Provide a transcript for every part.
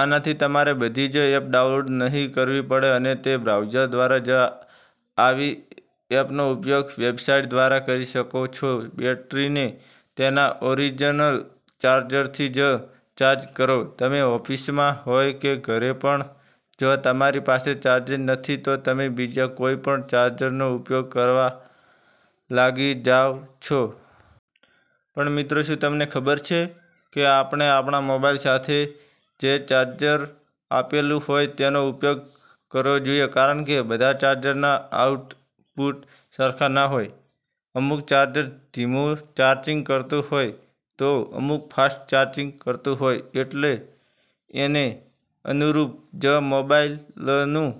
આનાથી તમારે બધી જ એપ ડાઉનલોડ નહીં કરવી પડે અને તમે બ્રાઉઝર દ્વારા જ આવી એપનો ઉપયોગ વેબસાઇટ દ્વારા કરી શકો છો. બેટરીને તેના ઓરિજિનલ ચાર્જરથી જ ચાર્જ કરો. તમે ઓફીસમાં હોય કે ઘરે પણ જો તમારી પાસે ચાર્જર નથી તો તમે બીજા કોઈ પણ ચાર્જરનો ઉપયોગ કરવા લાગી જાવ છો. પણ મિત્રો શુ તમને ખબર છે કે આપણે આપણા મોબાઈલ સાથે જે ચાર્જર આપેલું હોય તેનો જ ઉપયોગ કરવો જોઈએ કારણ કે બધા ચાર્જરના આઉટપુટ સરખા ના હોય, અમુક ચાર્જર ધીમું ચાર્જિંગ કરતું હોય તો અમુક ફાસ્ટ ચાર્જિંગ કરતું હોય એટલે એને અનુરૂપ જ મોબાઈલનું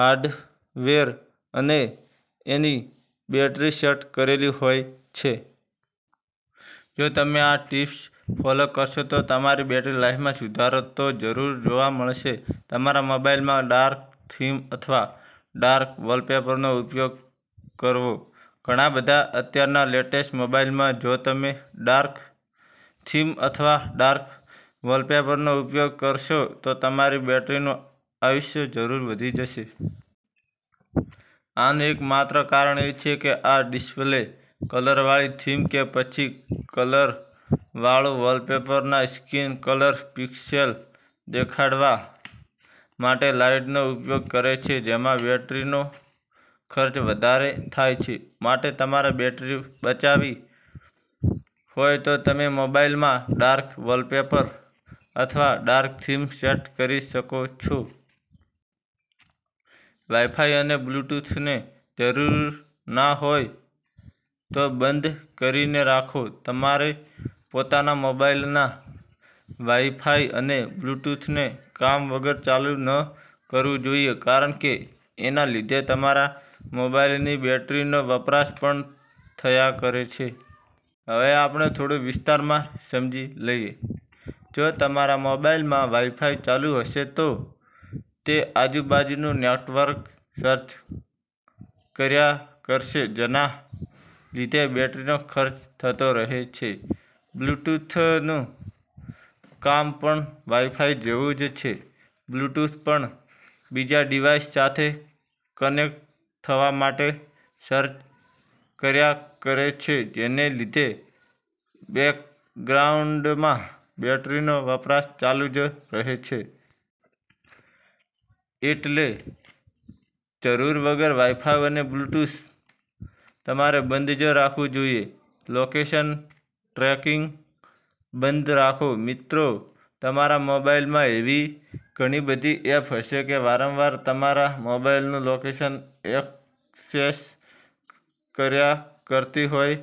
હાર્ડવેર અને એની બેટરી સેટ કરેલી હોય છે. જો તમે આ ટિપ્સ ફોલો કરશો તો તમારી બેટરી લાઈફમાં સુધારો તો જરૂર જોવા મળશે. તમારા મોબાઈલમાં ડાર્ક થીમ અથવા ડાર્ક વોલપેપરનો ઉપયોગ કરવો. ઘણા બધા અત્યારના લેટેસ્ટ મોબાઈલમાં જો તમે ડાર્ક થીમ અથવા ડાર્ક વોલપેપરનો ઉપયોગ કરશો તો તમારી બેટરીનું આયુષ્ય જરૂર વધી જશે. આનું એક માત્ર કારણ એ છે કે આ ડિસ્પ્લે કલર વાળી થીમ કે પછી કલર વાળું વોલપેપરના સ્ક્રીન કલર પિક્સેલ દેખાડવા માટે લાઈટનો ઉપયોગ કરે છે જેમાં બેટરીનો ખર્ચ વધારે થાય છે. માટે તમારે બેટરી બચાવી હોય તો તમે મોબાઇલમાં ડાર્ક વોલપેપર અથવા ડાર્ક થીમ સેટ કરી શકો છો. વાઈફાઈ અને બ્લૂટૂથને જરૂર ના હોય તો બંધ કરી ને રાખો .તમારે પોતાના મોબાઇલના વાઈફાઈ અને બ્લૂટૂથને કામ વગર ચાલુ ન કરવું જોઈએ કારણ કે એના લીધે તમારા મોબાઈલની બેટરીનો વપરાશ પણ થયા કરે છે. હવે આપણે થોડું વિસ્તારમાં સમજી લઈએ, જો તમારા મોબાઈલમાં વાઈફાઈ ચાલુ હશે તો તે આજુ બાજુનું નેટવર્ક સર્ચ કર્યા કરશે જેના લીધે બેટરીનો ખર્ચ થતો રહે છે. બ્લ્યુટૂથનું કામ પણ વાઈફાઈ જેવું જ છે બ્લ્યુટૂથ પણ બીજા ડીવાઈસ સાથે કનેક્ટ થવા માટે સર્ચ કર્યા કરે છે જેને લીધે બૅકગ્રાઉન્ડમાં બેટરીનો વપરાશ ચાલુ જ રહે છે. એટલે જરૂર વગર વાઈફાઈ અને બ્લટૂથ તમારે બંધ જ રાખવું જોઈએ. લોકેશન ટ્રેકિંગ બંધ રાખો .મિત્રો તમારા મોબાઈલમાં એવી ઘણી બધી એપ હશે જે વારંવાર તમારા મોબાઈલનું લોકેશન ઍક્સેસ કર્યા કરતી હોય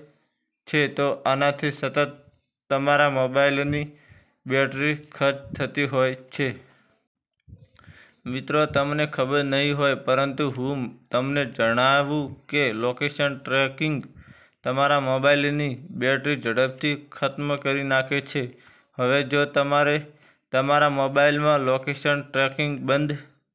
છે તો આનાથી સતત તમારા મોબાઈલની બેટરી ખર્ચ થતી હોય છે. મિત્રો તમને ખબર નહિ હોય પરંતુ હું તમને જણાવું કે લોકેશન ટ્રેકિંગ તમારા મોબાઈલની બેટરી ઝડપથી ખત્મ કરી નાખે છે. હવે જો તમારે તમારા મોબાઈલમાં લોકેશન ટ્રેકિંગ બંધ